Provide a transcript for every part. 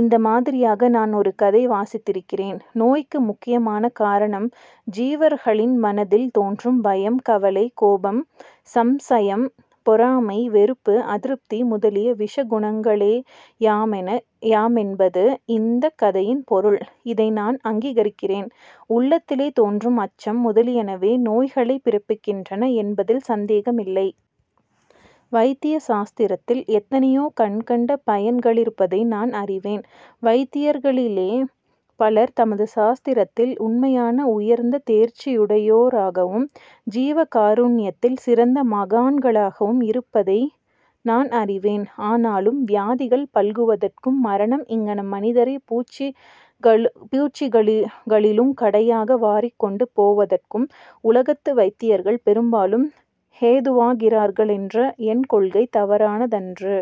இந்த மாதிரியாக நான் ஒரு கதை வாசித்திருக்கிறேன். நோய்க்கு முக்கியமான காரணம் ஜீவர்களின் மனதில் தோன்றும் பயம், கவலை, கோபம், சம்சயம், பொறாமை, வெறுப்பு, அதிருப்தி முதலிய விஷகுணங்களேயாமென்பது இந்தக் கதையின் பொருள். இதை நான் அங்கீகரிக்கிறேன். உள்ளத்திலே தோன்றும் அச்சம் முதலியனவே நோய்களைப் பிறப்பிக்கின்றன என்பதில் சந்தேகமில்லை. வைத்திய சாஸ்திரத்தில் எத்தனையோ கண்கண்ட பயன்களிருப்பதை நான் அறிவேன். வைத்தியர்களிலே பலர் தமது சாஸ்திரத்தில் உண்மையான உயர்ந்த தேர்ச்சியுடையோராகவும் ஜீவகாருண்யத்தில் சிறந்த மகான்களாகவும் இருப்பதை நான் அறிவேன். ஆனாலும், வியாதிகள் பல்குவதற்கும், மரணம் இங்ஙனம் மனிதரைப் பூச்சிகளிலுங் கடையாக வாரிக்கொண்டு போவதற்கும் உலகத்து வைத்தியர்கள் பெரும்பாலும் ஹேதுவாகிறார்களென்ற என் கொள்கை தவறானதன்று.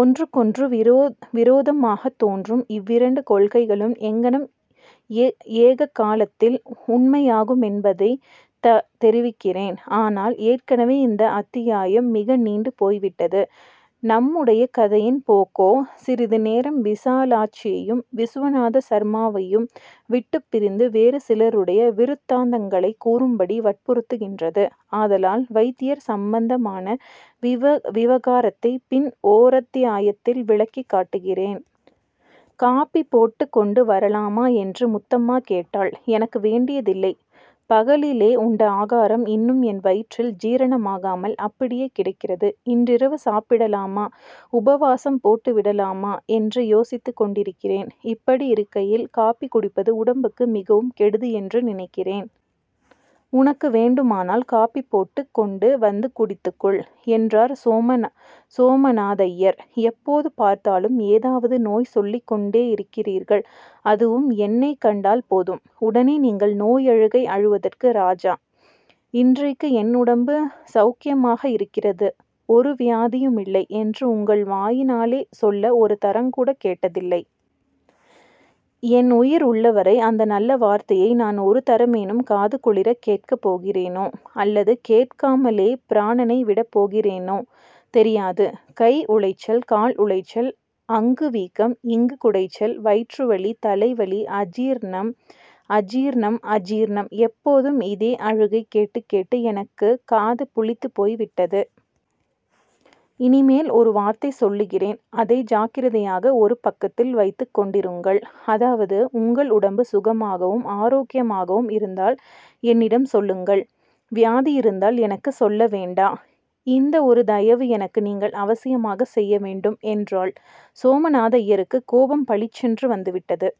ஒன்றுக்கொன்று விரோதமாகத் தோன்றும் இவ்விரண்டு கொள்கைகளும் எங்ஙனம் ஏககாலத்தில் உண்மையாகுமென்பதைத் தெரிவிக்கிறேன். ஆனால், ஏற்கெனவே இந்த அத்தியாயம் மிக நீண்டு போய்விட்டது. நம்முடைய கதையின் போக்கோ சிறிது நேரம் விசாலாட்சியையும் விசுவநாத சர்மாவையும் விட்டுப் பிரிந்து வேறு சிலருடைய விருத்தாந்தங்களைக் கூறும்படி வற்புறுத்துகின்றது. ஆதலால் வைத்தியர் சம்பந்தமான விவகாரத்தைப் பின் ஓரத்யாயத்தில் விளக்கிக் காட்டுகிறேன். ''காபி போட்டுக் கொண்டு வரலாமா? '' என்று முத்தம்மா கேட்டாள். ''எனக்கு வேண்டியதில்லை. பகலிலே உண்ட ஆகாரம் இன்னும் என் வயிற்றில் ஜீரணமாகாமல் அப்படியே கிடக்கிறது. இன்றிரவு சாப்பிடலாமா, உபவாசம் போட்டு விடலாமா என்று யோசித்துக் கொண்டிருக்கிறேன். இப்படியிருக்கையில் காபி குடிப்பது உடம்புக்கு மிகவும் கெடுதியென்று நினைக்கிறேன். உனக்கு வேண்டுமானால் காபி போட்டுக் கொண்டு வந்து குடித்துக் கொள்'' என்றார் சோமநாதய்யர். ''எப்போது பார்த்தாலும் ஏதாவது நோய் சொல்லிக் கொண்டேயிருக்கிறீர்கள். அதுவும் என்னைக் கண்டால் போதும், உடனே நீங்கள் நோயழுகை அழுவதற்கு ராஜா. 'இன்றைக்கு என் உடம்பு ஸௌக்யமாக இருக்கிறது. ஒரு வியாதியுமில்லை' என்று உங்கள் வாயினாலே சொல்ல ஒரு தரங்கூடக் கேட்டதில்லை. என் உயிர் உள்ளவரை அந்த நல்ல வார்த்தையை நான் ஒரு தரமேனும் காது குளிரக் கேட்கப் போகிறேனோ, அல்லது கேட்காமலே பிராணனை விடப் போகிறேனோ, தெரியாது. கை உளைச்சல், கால் உளைச்சல், அங்கு வீக்கம், இங்கு குடைச்சல், வயிற்றுவலி, தலைவலி, அஜீர்ணம், அஜீர்ணம், அஜீர்ணம்-எப்போதும் இதே அழுகை கேட்டுக் கேட்டு எனக்குக் காது புளித்துப் போய்விட்டது. இனிமேல் ஒரு வார்த்தை சொல்லுகிறேன். அதை ஜாக்கிரதையாக ஒரு பக்கத்தில் வைத்துக் கொண்டிருங்கள். அதாவது, உங்கள் உடம்பு சுகமாகவும் ஆராக்கியமாகவும் இருந்தால் என்னிடம் சொல்லுங்கள். வியாதியிருந்தால் எனக்குச் சொல்ல வேண்டா. இந்த ஒரு தயவு எனக்கு நீங்கள் அவசியமாகச் செய்யவேண்டும்'' என்றாள். சோமநாதய்யருக்குக் கோபம் பளிச்சென்று வந்துவிட்டது.